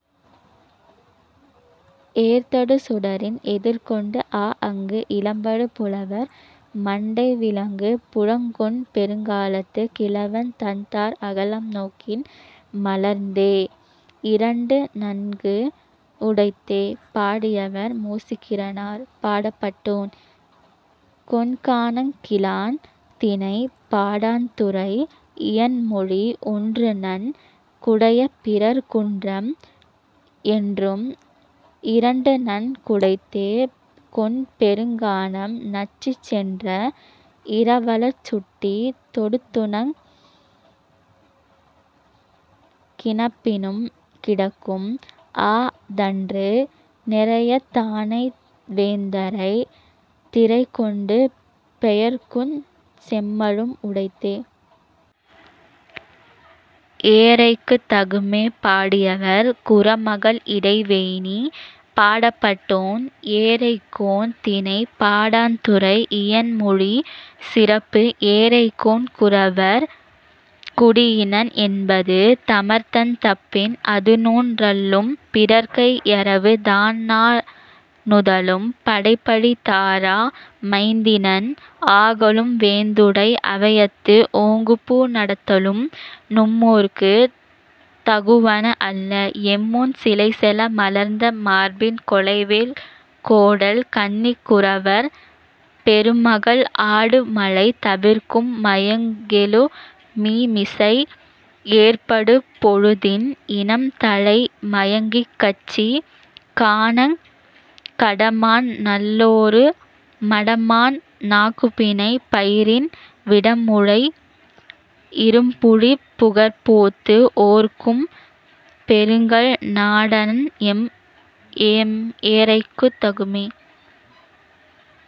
ஏர்தரு சுடரின் எதிர்கொண்டு ஆஅங்கு, இலம்படு புலவர் மண்டை விளங்கு புகழ்க் கொண்பெருங்காலத்துக் கிழவன் தண்தார் அகலம் நோக்கின், மலர்ந்தே.. இரண்டு நன்கு உடைத்தே! பாடியவர்: மோசிகீரனார். பாடப்பட்டோன்: கொண்கானங் கிழான். திணை: பாடாண். துறை: இயன்மொழி. ஒன்றுநன் குடைய பிறர் குன்றம்; என்றும் இரண்டுநன் குடைத்தே கொண்பெருங் கானம்; நச்சிச் சென்ற இரவலர்ச் சுட்டித் தொடுத்துணக் கினப்பினும் கிடக்கும்; அ·தான்று நிறையருந் தானை வேந்தரைத் திறைகொண்டு பெயர்க்குஞ் செம்மலும் உடைத்தே.. ஏறைக்குத் தகுமே! பாடியவர்: குறமகள் இளவெயினி. பாடப்பட்டோன்: ஏறைக் கோன். திணை: பாடாண். துறை: இயன்மொழி. சிறப்பு: ஏறைக் கோன் குறவர் குடியினன் என்பது. தமர்தன் தப்பின் அதுநோன் றல்லும், பிறர்கை யறவு தான்நா ணுதலும், படைப்பழி தாரா மைந்தினன் ஆகலும், வேந்துடை அவையத்து ஓங்குபு நடத்தலும், நும்மோர்க்குத் தகுவன அல்ல; எம்மோன் சிலைசெல மலர்ந்த மார்பின், கொலைவேல், கோடல் கண்ணிக் குறவர் பெருமகன்: ஆடு மழை தவிர்க்கும் பயங்கெழு மீமிசை, எற்படு பொழுதின், இனம்தலை மயங்கிக், கட்சி காணாக் கடமான் நல்லேறு மடமான் நாகுபிணை பயிரின், விடர்முழை இரும்புலிப் புகர்ப்போத்து ஓர்க்கும் பெருங்கல் நாடன்-எம் ஏறைக்குத் தகுமே..